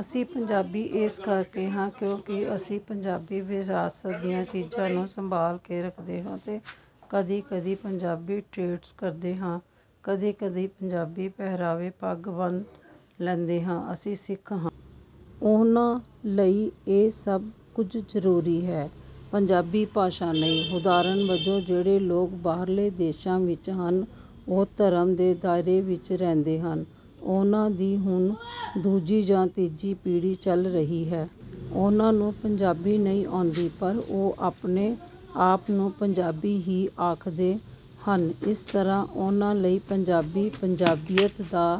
ਅਸੀਂ ਪੰਜਾਬੀ ਇਸ ਕਰਕੇ ਹਾਂ ਕਿਉਂਕਿ ਅਸੀਂ ਪੰਜਾਬੀ ਵਿਰਾਸਤ ਦੀਆਂ ਚੀਜ਼ਾਂ ਨੂੰ ਸੰਭਾਲ ਕੇ ਰੱਖਦੇ ਹਾਂ ਤੇ ਕਦੇ ਕਦੇ ਪੰਜਾਬੀ ਟ੍ਰੇਡਸ ਕਰਦੇ ਹਾਂ ਕਦੇ ਕਦੇ ਪੰਜਾਬੀ ਪਹਿਰਾਵਾ ਜਿਵੇਂ ਪੱਗ ਬੰਨ੍ਹ ਲੈਂਦੇ ਹਾਂ। ਅਸੀਂ ਸਿੱਖ ਹਾਂ। ਉਹਨਾਂ ਲਈ ਇਹ ਸਭ ਕੁਝ ਜ਼ਰੂਰੀ ਹੈ ਪੰਜਾਬੀ ਭਾਸ਼ਾ ਨਹੀਂ। ਉਦਾਹਰਨ ਵਜੋਂ ਜਿਹੜੇ ਲੋਕ ਬਾਹਰਲੇ ਦੇਸ਼ਾਂ ਵਿੱਚ ਹਨ ਉਹ ਧਰਮ ਦੇ ਦਾਇਰੇ ਵਿੱਚ ਰਹਿੰਦੇ ਹਨ। ਉਹਨਾਂ ਦੀ ਹੁਣ ਦੂਜੀ ਜਾਂ ਤੀਜੀ ਪੀੜ੍ਹੀ ਚੱਲ ਰਹੀ ਹੈ। ਉਹਨਾਂ ਨੂੰ ਪੰਜਾਬੀ ਨਹੀਂ ਆਉਂਦੀ ਪਰ ਉਹ ਆਪਣੇ ਆਪ ਨੂੰ ਪੰਜਾਬੀ ਹੀ ਕਹਿੰਦੇ ਹਨ। ਇਸ ਤਰ੍ਹਾਂ ਉਹਨਾਂ ਲਈ ਪੰਜਾਬੀ ਪੰਜਾਬੀਅਤ ਦਾ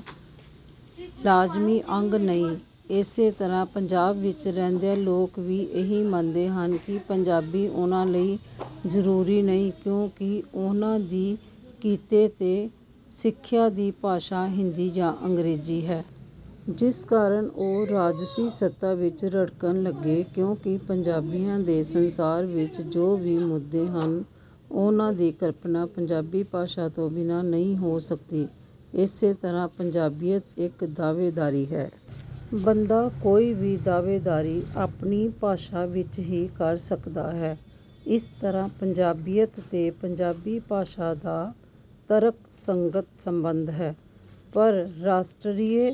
ਲਾਜ਼ਮੀ ਅੰਗ ਨਹੀਂ। ਇਸੇ ਤਰ੍ਹਾਂ ਪੰਜਾਬ ਵਿੱਚ ਰਹਿੰਦੇ ਲੋਕ ਵੀ ਇਹੀ ਮੰਨਦੇ ਹਨ ਕਿ ਪੰਜਾਬੀ ਉਹਨਾਂ ਲਈ ਜ਼ਰੂਰੀ ਨਹੀਂ ਕਿਉਂਕਿ ਉਹਨਾਂ ਦੀ ਕਿੱਤੇ ਤੇ ਸਿੱਖਿਆ ਦੀ ਭਾਸ਼ਾ ਹਿੰਦੀ ਜਾਂ ਅੰਗਰੇਜ਼ੀ ਹੈ। ਜਿਸ ਕਾਰਨ ਉਹ ਰਾਜਸੀ ਸੱਤਾ ਵਿੱਚ ਰੜਕਣ ਲੱਗੇ ਕਿਉਂਕਿ ਪੰਜਾਬੀਆਂ ਦੇ ਸੰਸਾਰ ਵਿੱਚ ਜੋ ਵੀ ਮੁੱਦੇ ਹਨ ਉਹਨਾਂ ਦੀ ਕਲਪਨਾ ਪੰਜਾਬੀ ਭਾਸ਼ਾ ਤੋਂ ਬਿਨਾਂ ਨਹੀਂ ਹੋ ਸਕਦੀ। ਇਸੇ ਤਰ੍ਹਾਂ ਪੰਜਾਬੀਅਤ ਇੱਕ ਦਾਅਵੇਦਾਰੀ ਹੈ। ਬੰਦਾ ਕੋਈ ਵੀ ਦਾਅਵੇਦਾਰੀ ਆਪਣੀ ਭਾਸ਼ਾ ਵਿੱਚ ਹੀ ਕਰ ਸਕਦਾ ਹੈ। ਇਸ ਤਰ੍ਹਾਂ ਪੰਜਾਬੀਅਤ ਤੇ ਪੰਜਾਬੀ ਭਾਸ਼ਾ ਦਾ ਤਰਕਸੰਗਤ ਸੰਬੰਧ ਹੈ। ਪਰ ਰਾਸ਼ਟਰੀ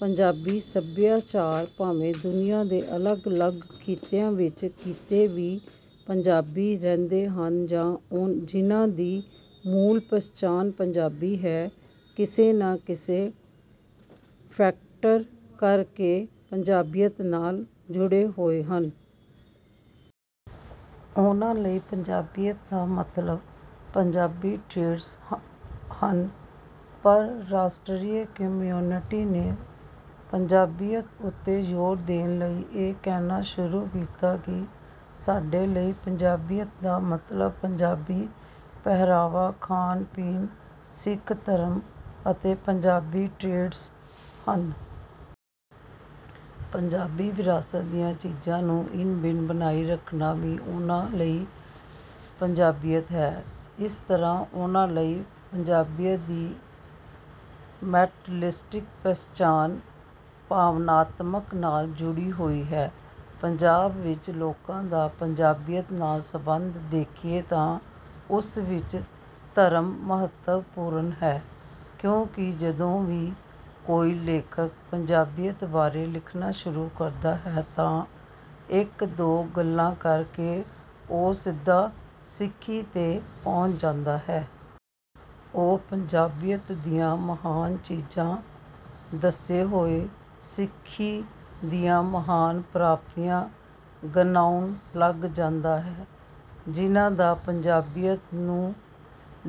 ਪੰਜਾਬੀ ਸੱਭਿਆਚਾਰ ਭਾਵ ਦੁਨੀਆਂ ਦੇ ਅਲੱਗ ਅਲੱਗ ਖਿੱਤਿਆਂ ਵਿੱਚ ਕਿਤੇ ਵੀ ਪੰਜਾਬੀ ਰਹਿੰਦੇ ਹਨ ਜਾਂ ਜਿਨ੍ਹਾਂ ਦੀ ਮੂਲ ਪਛਾਣ ਪੰਜਾਬੀ ਹੈ ਕਿਸੇ ਨਾ ਕਿਸੇ ਫੈਕਟਰ ਕਰਕੇ ਪੰਜਾਬੀਅਤ ਨਾਲ ਜੁੜੇ ਹੋਏ ਹਨ। ਉਨ੍ਹਾਂ ਲਈ ਪੰਜਾਬੀਅਤ ਦਾ ਮਤਲਬ ਪੰਜਾਬੀ ਟ੍ਰੇਡਸ ਹਨ। ਪਾਰਰਾਸ਼ਟਰੀ ਕਮਿਊਨਿਟੀ ਨੇ ਪੰਜਾਬੀਅਤ ਉੱਤੇ ਜ਼ੋਰ ਦੇਣ ਲਈ ਇਹ ਕਹਿਣਾ ਸ਼ੁਰੂ ਕੀਤਾ ਕਿ ਸਾਡੇ ਲਈ ਪੰਜਾਬੀਅਤ ਦਾ ਮਤਲਬ ਪੰਜਾਬੀ ਪਹਿਰਾਵਾ ਖਾਣ ਪੀਣ ਸਿੱਖ ਧਰਮ ਅਤੇ ਪੰਜਾਬੀ ਟ੍ਰੇਡਸ ਹਨ। ਪੰਜਾਬੀ ਵਿਰਾਸਤ ਦੀਆਂ ਚੀਜ਼ਾਂ ਨੂੰ ਇਨ ਬਿਨ ਬਣਾਈ ਰੱਖਣਾ ਵੀ ਉਨ੍ਹਾਂ ਲਈ ਪੰਜਾਬੀਅਤ ਹੈ। ਇਸ ਤਰ੍ਹਾਂ ਉਨ੍ਹਾਂ ਲਈ ਪੰਜਾਬੀਅਤ ਦੀ ਮੈਟੀਰੀਅਲਿਸਟਿਕ ਪਛਾਣ ਭਾਵਨਾਤਮਕਤ ਨਾਲ ਜੁੜੀ ਹੋਈ ਹੈ। ਪੰਜਾਬ ਵਿੱਚ ਲੋਕਾਂ ਦਾ ਪੰਜਾਬੀਅਤ ਨਾਲ ਸੰਬੰਧ ਦੇਖੀਏ ਤਾਂ ਉਸ ਵਿੱਚ ਧਰਮ ਮਹੱਤਵਪੂਰਨ ਹੈ ਕਿਉਂਕਿ ਜਦੋਂ ਵੀ ਕੋਈ ਲੇਖਕ ਪੰਜਾਬੀਅਤ ਬਾਰੇ ਲਿਖਣਾ ਸ਼ੁਰੂ ਕਰਦਾ ਹੈ ਤਾਂ ਇੱਕ ਦੋ ਗੱਲਾਂ ਕਰਕੇ ਉਹ ਸਿੱਧਾ ਸਿੱਖੀ ਤੇ ਪਹੁੰਚ ਜਾਂਦਾ ਹੈ। ਉਹ ਪੰਜਾਬੀਅਤ ਦੀਆਂ ਮਹਾਨ ਚੀਜ਼ਾਂ ਦੱਸਦੇ ਹੋਏ ਸਿੱਖੀ ਦੀਆਂ ਮਹਾਨ ਪ੍ਰਾਪਤੀਆਂ ਗਿਣਾਉਣ ਲੱਗ ਜਾਂਦਾ ਹੈ ਜਿਨ੍ਹਾਂ ਦਾ ਪੰਜਾਬੀਅਤ ਨੂੰ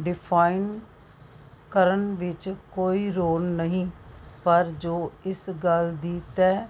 ਡਿਫਾਈਨ ਕਰਨ ਵਿੱਚ ਕੋਈ ਰੋਲ ਨਹੀਂ ਪਰ ਜੇ ਇਸ ਗੱਲ ਦੀ ਤਹਿ